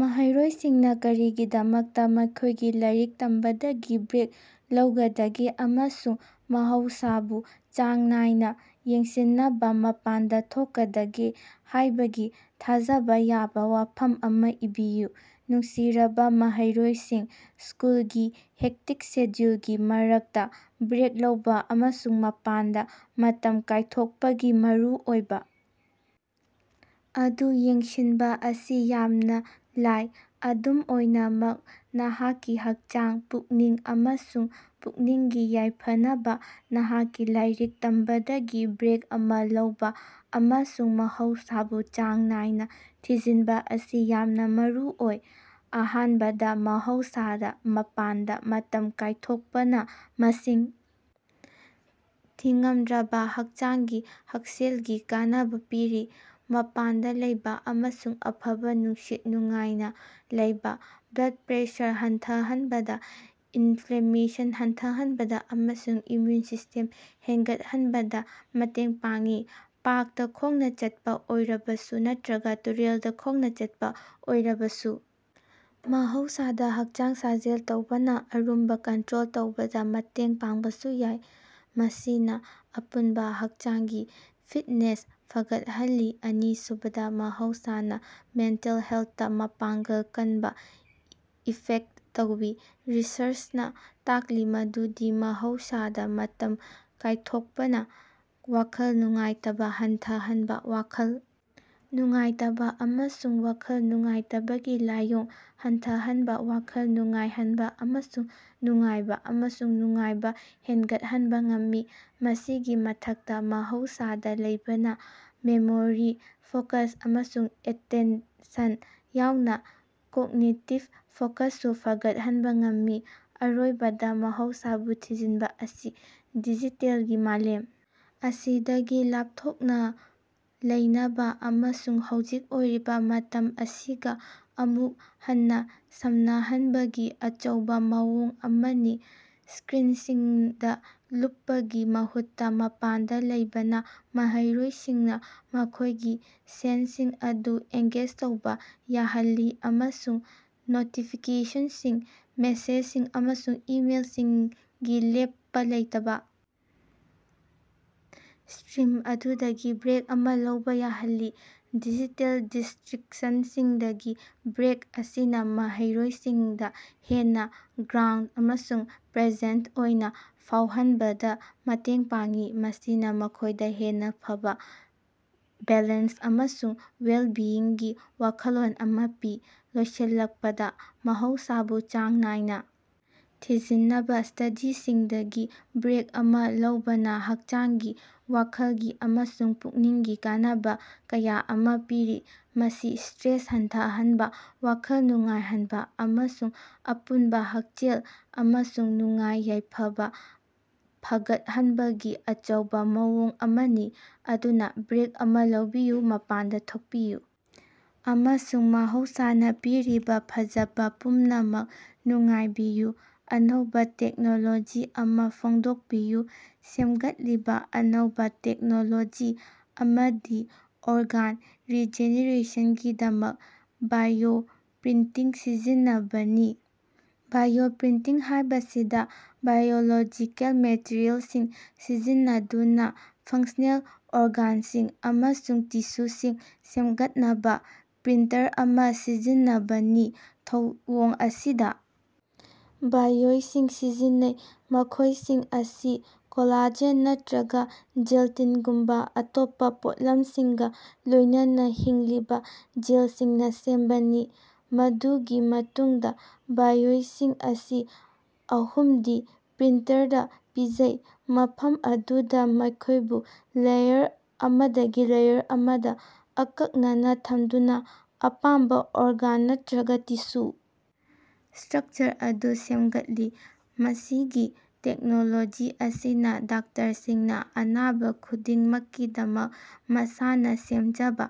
ꯃꯍꯩꯔꯣꯏꯁꯤꯡꯅ ꯀꯔꯤꯒꯤꯗꯃꯛꯇ ꯃꯈꯣꯏꯒꯤ ꯂꯥꯏꯔꯤꯛ ꯇꯝꯕꯗꯒꯤ ꯕ꯭ꯔꯦꯛ ꯂꯧꯒꯗꯒꯦ ꯑꯃꯁꯨꯡ ꯃꯍꯧꯁꯥꯕꯨ ꯆꯥꯡ ꯅꯥꯏꯅ ꯌꯦꯡꯁꯤꯟꯅꯕ ꯃꯄꯥꯟꯗ ꯊꯣꯛꯀꯗꯒꯦ ꯍꯥꯏꯕꯒꯤ ꯊꯥꯖꯕ ꯌꯥꯕ ꯋꯥꯐꯝ ꯑꯃ ꯏꯕꯤꯌꯨ꯫ ꯅꯨꯡꯁꯤꯔꯕ ꯃꯍꯩꯔꯣꯏꯁꯤꯡ, ꯁ꯭ꯀꯨꯜꯒꯤ ꯍꯦꯛꯇꯤꯛ ꯁꯦꯗ꯭ꯌꯨꯂꯒꯤ ꯃꯔꯛꯇꯥ ꯕ꯭ꯔꯦꯛ ꯂꯧꯕ ꯑꯃꯁꯨꯡ ꯃꯄꯥꯟꯗ ꯃꯇꯝ ꯀꯥꯏꯊꯣꯛꯄꯒꯤ ꯃꯔꯨꯑꯣꯏꯕ ꯑꯗꯨ ꯌꯦꯡꯁꯤꯟꯕ ꯑꯁꯤ ꯌꯥꯝꯅ ꯂꯥꯏ꯫ ꯑꯗꯨꯝ ꯑꯣꯏꯅꯃꯛ, ꯅꯍꯥꯛꯀꯤ ꯍꯛꯆꯥꯡ, ꯄꯨꯛꯅꯤꯡ ꯑꯃꯁꯨꯡ ꯄꯨꯛꯅꯤꯡꯒꯤ ꯌꯥꯏꯐꯅꯕꯥ ꯅꯍꯥꯛꯀꯤ ꯂꯥꯏꯔꯤꯛ ꯇꯝꯕꯗꯒꯤ ꯕ꯭ꯔꯦꯛ ꯑꯃꯥ ꯂꯧꯕ ꯑꯃꯁꯨꯡ ꯃꯍꯧꯁꯥꯕꯨ ꯆꯥꯡ ꯅꯥꯏꯅꯥ ꯊꯤꯖꯤꯟꯕ ꯑꯁꯤ ꯌꯥꯝꯅ ꯃꯔꯨꯑꯣꯏ꯫ ꯑꯍꯥꯟꯕꯗ, ꯃꯍꯧꯁꯥꯗ ꯃꯄꯥꯟꯗ ꯃꯇꯝ ꯀꯥꯏꯊꯣꯛꯄꯅ ꯃꯁꯤꯡ ꯊꯤꯉꯝꯗ꯭ꯔꯕ ꯍꯛꯆꯥꯡꯒꯤ ꯍꯛꯁꯦꯜꯒꯤ ꯀꯥꯟꯅꯕ ꯄꯤꯔꯤ꯫ ꯃꯄꯥꯟꯗꯥ ꯂꯩꯕ ꯑꯃꯁꯨꯡ ꯑꯐꯕ ꯅꯨꯡꯁꯤꯠ ꯅꯨꯡꯉꯥꯏꯅ ꯂꯩꯕꯅ ꯕ꯭ꯂꯗ ꯄ꯭ꯔꯦꯁꯔ ꯍꯟꯊꯍꯟꯕꯗ, ꯏꯟꯐ꯭ꯂꯦꯃꯦꯁꯟ ꯍꯟꯊꯍꯟꯕꯗ ꯑꯃꯁꯨꯡ ꯏꯝꯃ꯭ꯌꯨꯟ ꯁꯤꯁ꯭ꯇꯦꯝ ꯍꯦꯟꯒꯠꯍꯟꯕꯗ ꯃꯇꯦꯡ ꯄꯥꯡꯏ꯫ ꯄꯥꯔꯛꯇꯥ ꯈꯣꯡꯅ ꯆꯠꯄ ꯑꯣꯏꯔꯕꯁꯨ ꯅꯠꯇ꯭ꯔꯒ ꯇꯨꯔꯦꯜꯗ ꯈꯣꯡꯅ ꯆꯠꯄꯥ ꯑꯣꯏꯔꯕꯁꯨ, ꯃꯍꯧꯁꯥꯗ ꯍꯛꯆꯥꯡ ꯁꯥꯖꯦꯜ ꯇꯧꯕꯅ ꯑꯔꯨꯝꯕ ꯀꯟꯇ꯭ꯔꯣꯜ ꯇꯧꯕꯗ ꯃꯇꯦꯡ ꯄꯥꯡꯕꯁꯨ ꯌꯥꯏ, ꯃꯁꯤꯅꯥ ꯑꯄꯨꯟꯕ ꯍꯛꯆꯥꯡꯒꯤ ꯐꯤꯠꯅꯦꯁ ꯐꯒꯠꯍꯜꯂꯤ꯫ ꯑꯅꯤꯁꯨꯕꯗ, ꯃꯍꯧꯁꯥꯅ ꯃꯦꯟꯇꯦꯜ ꯍꯦꯜꯊꯇ ꯃꯄꯥꯡꯒꯜ ꯀꯟꯕ ꯏꯐꯦꯛꯇ ꯇꯧꯏ꯫ ꯔꯤꯁꯔꯆꯅꯥ ꯇꯥꯛꯂꯤ ꯃꯗꯨꯗꯤ ꯃꯍꯧꯁꯥꯗ ꯃꯇꯝ ꯀꯥꯌꯊꯣꯛꯄꯅ ꯋꯥꯈꯜ ꯅꯨꯡꯉꯥꯏꯇꯕ ꯍꯟꯊꯍꯟꯕ, ꯋꯥꯈꯜ ꯅꯨꯡꯉꯥꯏꯇꯕ ꯑꯃꯁꯨꯡ ꯋꯥꯈꯜ ꯅꯨꯡꯉꯥꯏꯇꯕꯒꯤ ꯂꯥꯏꯑꯣꯡ ꯍꯟꯊꯍꯟꯕ, ꯋꯥꯈꯜ ꯅꯨꯡꯉꯥꯏꯍꯅꯕꯥ ꯑꯃꯁꯨꯡ ꯅꯨꯡꯉꯥꯏꯕꯥ ꯑꯃꯁꯨꯡ ꯅꯨꯡꯉꯥꯏꯕꯥ ꯍꯦꯟꯒꯠꯍꯟꯕ ꯉꯝꯃꯤ꯫ ꯃꯁꯤꯒꯤ ꯃꯊꯛꯇ, ꯃꯍꯧꯁꯥꯗꯥ ꯂꯩꯕꯅꯥ ꯃꯦꯃꯣꯔꯤ, ꯐꯣꯀꯁ ꯑꯃꯁꯨꯡ ꯑꯦꯇꯦꯟꯁꯟ ꯌꯥꯎꯅ ꯀꯣꯒꯅꯤꯇꯤꯕ ꯐꯪꯁꯟꯁꯨ ꯐꯒꯠꯍꯟꯕ ꯉꯝꯒꯅꯤ꯫ ꯑꯔꯣꯏꯕꯗ ꯃꯍꯧꯁꯥꯕꯨ ꯊꯤꯖꯤꯟꯕ ꯑꯁꯤ ꯗꯤꯖꯤꯇꯦꯜꯒꯤ ꯃꯥꯂꯦꯝ ꯑꯁꯤꯗꯒꯤ ꯂꯥꯞꯊꯣꯛꯅ ꯂꯩꯅꯕ ꯑꯃꯁꯨꯡ ꯍꯧꯖꯤꯛ ꯑꯣꯏꯔꯤꯕ ꯃꯇꯝ ꯑꯁꯤꯒ ꯑꯃꯨꯛ ꯍꯟꯅ ꯁꯝꯅꯍꯟꯕꯒꯤ ꯑꯆꯧꯕ ꯃꯑꯣꯡ ꯑꯃꯅꯤ꯫ ꯁ꯭ꯀꯔꯤꯟꯁꯤꯡꯗ ꯂꯨꯞꯄꯒꯤ ꯃꯍꯨꯠꯇ ꯃꯄꯥꯟꯗ ꯂꯩꯕꯅ ꯃꯍꯩꯔꯣꯏꯁꯤꯡꯅ ꯃꯈꯣꯏꯒꯤ ꯁꯦꯟꯁꯁꯤꯡ ꯑꯗꯨ ꯑꯦꯡꯒꯦꯖ ꯇꯧꯕ ꯌꯥꯍꯜꯂꯤ ꯑꯃꯁꯨꯡ ꯅꯣꯇꯤꯐꯤꯀꯦꯁꯟꯁꯤꯡ, ꯃꯦꯁꯦꯖꯁꯤꯡ ꯑꯃꯁꯨꯡ ꯏꯃꯦꯜꯁꯤꯡꯒꯤ ꯂꯦꯞꯄ ꯂꯩꯇꯕ ꯁ꯭ꯇꯔꯤꯝ ꯑꯗꯨꯗꯒꯤ ꯕ꯭ꯔꯦꯛ ꯑꯃ ꯂꯧꯕ ꯌꯥꯍꯜꯂꯤ꯫ ꯗꯤꯖꯤꯇꯦꯜ ꯗꯤꯁꯇ꯭ꯔꯤꯛꯁꯟꯁꯤꯡꯗꯒꯤ ꯕ꯭ꯔꯦꯛ ꯑꯁꯤꯅ ꯃꯍꯩꯔꯣꯏꯁꯤꯡꯗ ꯍꯦꯟꯅ ꯒ꯭ꯔꯥꯎꯟꯗ ꯑꯃꯁꯨꯡ ꯄ꯭ꯔꯦꯖꯦꯟꯇ ꯑꯣꯏꯅ ꯐꯥꯎꯍꯟꯕꯗ ꯃꯇꯦꯡ ꯄꯥꯡꯏ, ꯃꯁꯤꯅ ꯃꯈꯣꯏꯗ ꯍꯦꯟꯅ ꯐꯕꯥ ꯕꯦꯂꯦꯟꯁ ꯑꯃꯁꯨꯡ ꯋꯦꯜꯕꯤꯡꯒꯤ ꯋꯥꯈꯜꯂꯣꯟ ꯑꯃ ꯄꯤ꯫ ꯂꯣꯏꯁꯤꯜꯂꯛꯄꯗ, ꯃꯍꯧꯁꯥꯕꯨ ꯆꯥꯡ ꯅꯥꯏꯅ ꯊꯤꯖꯤꯟꯅꯕ ꯁ꯭ꯇꯗꯤꯁꯤꯡꯗꯒꯤ ꯕ꯭ꯔꯦꯛ ꯑꯃ ꯂꯧꯕꯅ ꯍꯛꯆꯥꯡꯒꯤ, ꯋꯥꯈꯜꯒꯤ ꯑꯃꯁꯨꯡ ꯄꯨꯛꯅꯤꯡꯒꯤ ꯀꯥꯟꯅꯕ ꯀꯌꯥ ꯑꯃ ꯄꯤꯔꯤ꯫ ꯃꯁꯤ ꯁ꯭ꯠꯔꯦꯁ ꯍꯟꯊꯍꯟꯕ, ꯋꯥꯈꯜ ꯅꯨꯡꯉꯥꯏꯍꯟꯕ ꯑꯃꯁꯨꯡ ꯑꯄꯨꯟꯕ ꯍꯛꯁꯦꯜ ꯑꯃꯁꯨꯡ ꯅꯨꯡꯉꯥꯏ-ꯌꯥꯏꯐꯕ ꯐꯒꯠꯍꯟꯕꯒꯤ ꯑꯆꯧꯕ ꯃꯑꯣꯡ ꯑꯃꯅꯤ꯫ ꯑꯗꯨꯅꯥ, ꯕ꯭ꯔꯦꯛ ꯑꯃꯥ ꯂꯧꯕꯤꯌꯨ, ꯃꯄꯥꯟꯗ ꯊꯣꯛꯄꯤꯌꯨ, ꯑꯃꯁꯨꯡ ꯃꯍꯧꯁꯥꯅ ꯄꯤꯔꯤꯕ ꯐꯖꯕ ꯄꯨꯝꯅꯃꯛ ꯅꯨꯡꯉꯥꯏꯕꯤꯌꯨ꯫ ꯑꯅꯧꯕ ꯇꯦꯛꯅꯣꯂꯣꯖꯤ ꯑꯃ ꯐꯣꯡꯗꯣꯛꯄꯤꯌꯨ꯫ ꯁꯦꯝꯒꯠꯂꯤꯕ ꯑꯅꯧꯕꯥ ꯇꯦꯛꯅꯣꯂꯣꯖꯤ ꯑꯃꯗꯤ ꯑꯣꯔꯒꯥꯟ ꯔꯤꯖꯦꯅꯦꯔꯦꯁꯟꯒꯤꯗꯃꯛ ꯕꯥꯏꯑꯣꯄ꯭ꯔꯤꯟꯇꯤꯡ ꯁꯤꯖꯤꯟꯅꯕꯅꯤ꯫ ꯕꯥꯏꯑꯣꯄ꯭ꯔꯤꯟꯇꯤꯡ ꯍꯥꯏꯕꯁꯤꯗ ꯕꯥꯏꯑꯣꯂꯣꯖꯤꯀꯦꯜ ꯃꯦꯇꯔꯤꯑꯦꯜꯁꯤꯡ ꯁꯤꯖꯤꯟꯅꯗꯨꯅ ꯐꯪꯁꯅꯦꯜ ꯑꯣꯔꯒꯥꯟꯁꯤꯡ ꯑꯃꯁꯨꯡ ꯇꯤꯁꯨꯁꯤꯡ ꯁꯦꯝꯒꯠꯅꯕ ꯄ꯭ꯔꯤꯟꯇꯔ ꯑꯃ ꯁꯤꯖꯤꯟꯅꯕꯅꯤ꯫ ꯊꯧꯑꯣꯡ ꯑꯁꯤꯗ ꯕꯥꯏꯑꯣꯏꯁꯤꯡ ꯁꯤꯖꯤꯟꯅꯩ, ꯃꯈꯣꯏꯁꯤꯡ ꯑꯁꯤ ꯀꯣꯂꯥꯖꯦꯟ ꯅꯠꯇ꯭ꯔꯒ ꯖꯦꯜꯇꯤꯟꯒꯨꯝꯕ ꯑꯇꯣꯞꯄ ꯄꯣꯠꯂꯝꯁꯤꯡꯒ ꯂꯣꯏꯅꯅ ꯍꯤꯡꯂꯤꯕ ꯁꯦꯜꯁꯤꯡꯅ ꯁꯦꯝꯕꯅꯤ꯫ ꯃꯗꯨꯒꯤ ꯃꯇꯨꯡꯗꯥ ꯕꯥꯏꯑꯣꯏꯁꯤꯡ ꯑꯁꯤ ꯑꯍꯨꯝꯗꯤ ꯄ꯭ꯔꯤꯟꯇꯔꯗ ꯄꯤꯖꯩ, ꯃꯐꯝ ꯑꯗꯨꯗ ꯃꯈꯣꯏꯕꯨ ꯂꯦꯌꯔ ꯑꯃꯗꯒꯤ ꯂꯦꯌꯔ ꯑꯃꯗꯥ ꯑꯀꯛꯅꯅ ꯊꯝꯗꯨꯅ ꯑꯄꯥꯝꯕ ꯑꯣꯔꯒꯥꯟ ꯅꯠꯇ꯭ꯔꯒ ꯇꯤꯁꯨ ꯁꯇ꯭ꯔꯛꯆꯔ ꯑꯗꯨ ꯁꯦꯝꯒꯠꯂꯤ꯫ ꯃꯁꯤꯒꯤ ꯇꯦꯛꯅꯣꯂꯣꯖꯤ ꯑꯁꯤꯅꯥ ꯗꯣꯛꯇꯔꯁꯤꯡꯅꯥ ꯑꯅꯥꯕꯥ ꯈꯨꯗꯤꯡꯃꯛꯀꯤꯗꯃꯛ ꯃꯁꯥꯅꯥ ꯁꯦꯝꯖꯕ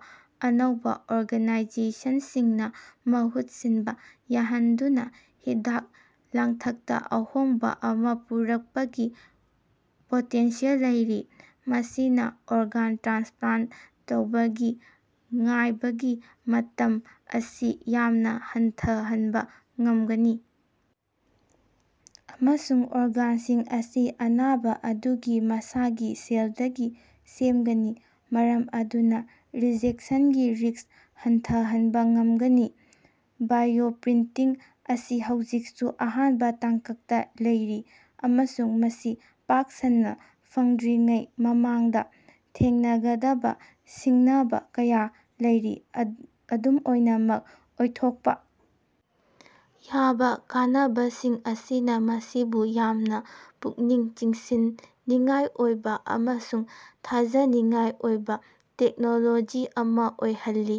ꯑꯅꯧꯕ ꯑꯣꯔꯒꯅꯥꯏꯖꯦꯁꯟꯁꯤꯡꯅ ꯃꯍꯨꯠ ꯁꯤꯟꯕ ꯌꯥꯍꯟꯗꯨꯅ ꯍꯤꯗꯥꯛ ꯂꯥꯡꯊꯛꯇ ꯑꯍꯣꯡꯕ ꯑꯃ ꯄꯨꯔꯛꯄꯒꯤ ꯄꯣꯇꯦꯟꯁꯤꯌꯦꯜ ꯂꯩꯔꯤ꯫ ꯃꯁꯤꯅ ꯑꯣꯔꯒꯥꯟ ꯇ꯭ꯔꯥꯟꯁꯄ꯭ꯂꯥꯟꯇ ꯇꯧꯕꯒꯤ ꯉꯥꯏꯕꯒꯤ ꯃꯇꯝ ꯑꯁꯤ ꯌꯥꯝꯅ ꯍꯟꯊꯍꯟꯕ ꯉꯝꯒꯅꯤ ꯑꯃꯁꯨꯡ ꯑꯣꯔꯒꯥꯟꯁꯤꯡ ꯑꯁꯤ ꯑꯅꯥꯕ ꯑꯗꯨꯒꯤ ꯃꯁꯥꯒꯤ ꯁꯦꯜꯁꯤꯡꯗꯒꯤ ꯁꯦꯝꯒꯅꯤ ꯃꯔꯝ ꯑꯗꯨꯅ ꯔꯤꯖꯦꯛꯁꯟꯒꯤ ꯔꯤꯁ꯭ꯛ ꯍꯟꯊꯍꯟꯕ ꯉꯝꯒꯅꯤ꯫ ꯕꯥꯏꯑꯣꯄ꯭ꯔꯤꯟꯇꯤꯡ ꯑꯁꯤ ꯍꯧꯖꯤꯛꯁꯨ ꯑꯍꯥꯟꯕ ꯇꯥꯡꯀꯛꯇ ꯂꯩꯔꯤ ꯑꯃꯁꯨꯡ ꯃꯁꯤ ꯄꯥꯛ ꯁꯟꯅ ꯐꯪꯗ꯭ꯔꯤꯉꯩ ꯃꯃꯥꯡꯗ ꯊꯦꯡꯅꯒꯗꯕ ꯁꯤꯡꯅꯕ ꯀꯌꯥ ꯂꯩꯔꯤ꯫ꯑꯗ ꯑꯗꯨꯝ ꯑꯣꯏꯅꯃꯛ, ꯑꯣꯏꯊꯣꯛꯄ ꯌꯥꯕ ꯀꯥꯟꯅꯕꯁꯤꯡ ꯑꯁꯤꯅ ꯃꯁꯤꯕꯨ ꯌꯥꯝꯅ ꯄꯨꯛꯅꯤꯡ ꯆꯤꯡꯁꯤꯟꯅꯤꯡꯉꯥꯏ ꯑꯣꯏꯕ ꯑꯃꯁꯨꯡ ꯊꯥꯖꯅꯤꯡꯉꯥꯏ ꯑꯣꯏꯕ ꯇꯦꯛꯅꯣꯂꯣꯖꯤ ꯑꯃ ꯑꯣꯏꯍꯜꯂꯤ꯫